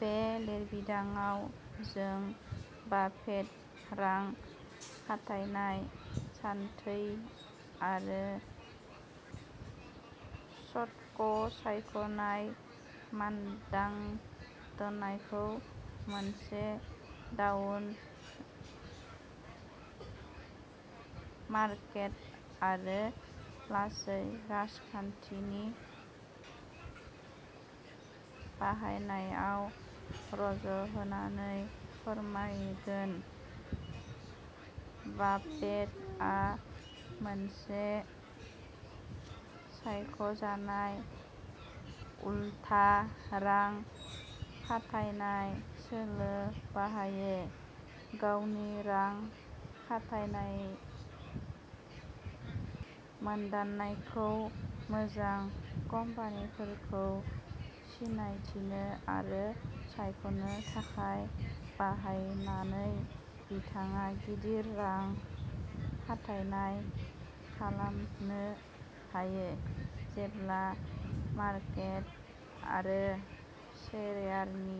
बे लिरबिदांआव, जों बाफेट रां खाथायनाय सानथौ आरो स्टक-सायख'नाय मानदान्दाखौ मोनसे डाउन मार्केट आरो लासै रांखान्थिनि बाहायनायाव जर होनानै फोरमायगोन। बाफेटआ मोनसे सायख'जानाय उल्था रां खाथायनाय सोलो बाहायो। गावनि रां खाथायनाय मानदान्दाखौ मोजां कम्पानिफोरखौ सिनायथिनो आरो सायख'नो थाखाय बाहायनानै, बिथाङा गिदिर रां खाथायनाय खालामनो हायो जेब्ला मार्केट आरो शेयारनि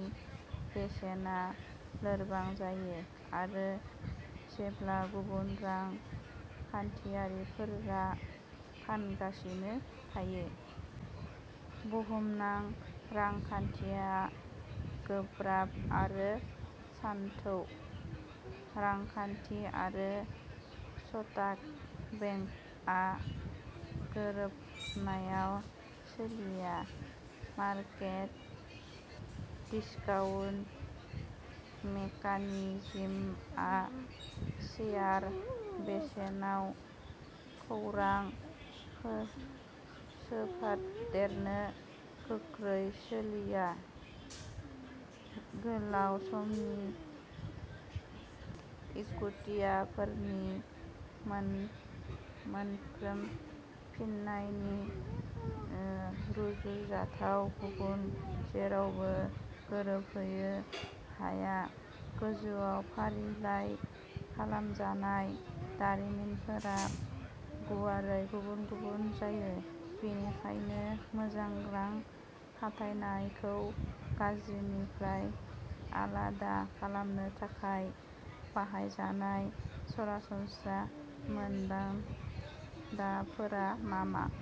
बेसेना लोरबां जायो आरो जेब्ला गुबुन रां खाथायगिरिफोरा फानगासिनो थायो। बुहुमनां रांखान्थिया गोब्राब आरो सानथावै। रांखान्थि आरो स्टक मार्केटआ गोरोबनायाव सोलिया। मार्केट डिस्काउन्ट मेकानिजमआ शेयार बेसेनाव खौरां सोफादेरनो गोख्रै सोलियो। गोलाव समनि इकुइटिफोरनि मोनफिन्नायनि रुजुथायखौ गुबुन जेरावबो गोरोबहोनो हाया। गोजौआव फारिलाइ खालामजानाय दारिमिनफोरा गुवारै गुबुन-गुबुन जायो, बेनिखायनो मोजां रां खाथायनायखौ गाज्रिनिफ्राय आलादा खालामनो थाखाय बाहायजानाय सरासनस्रा मानदान्दाफोरा मा मा?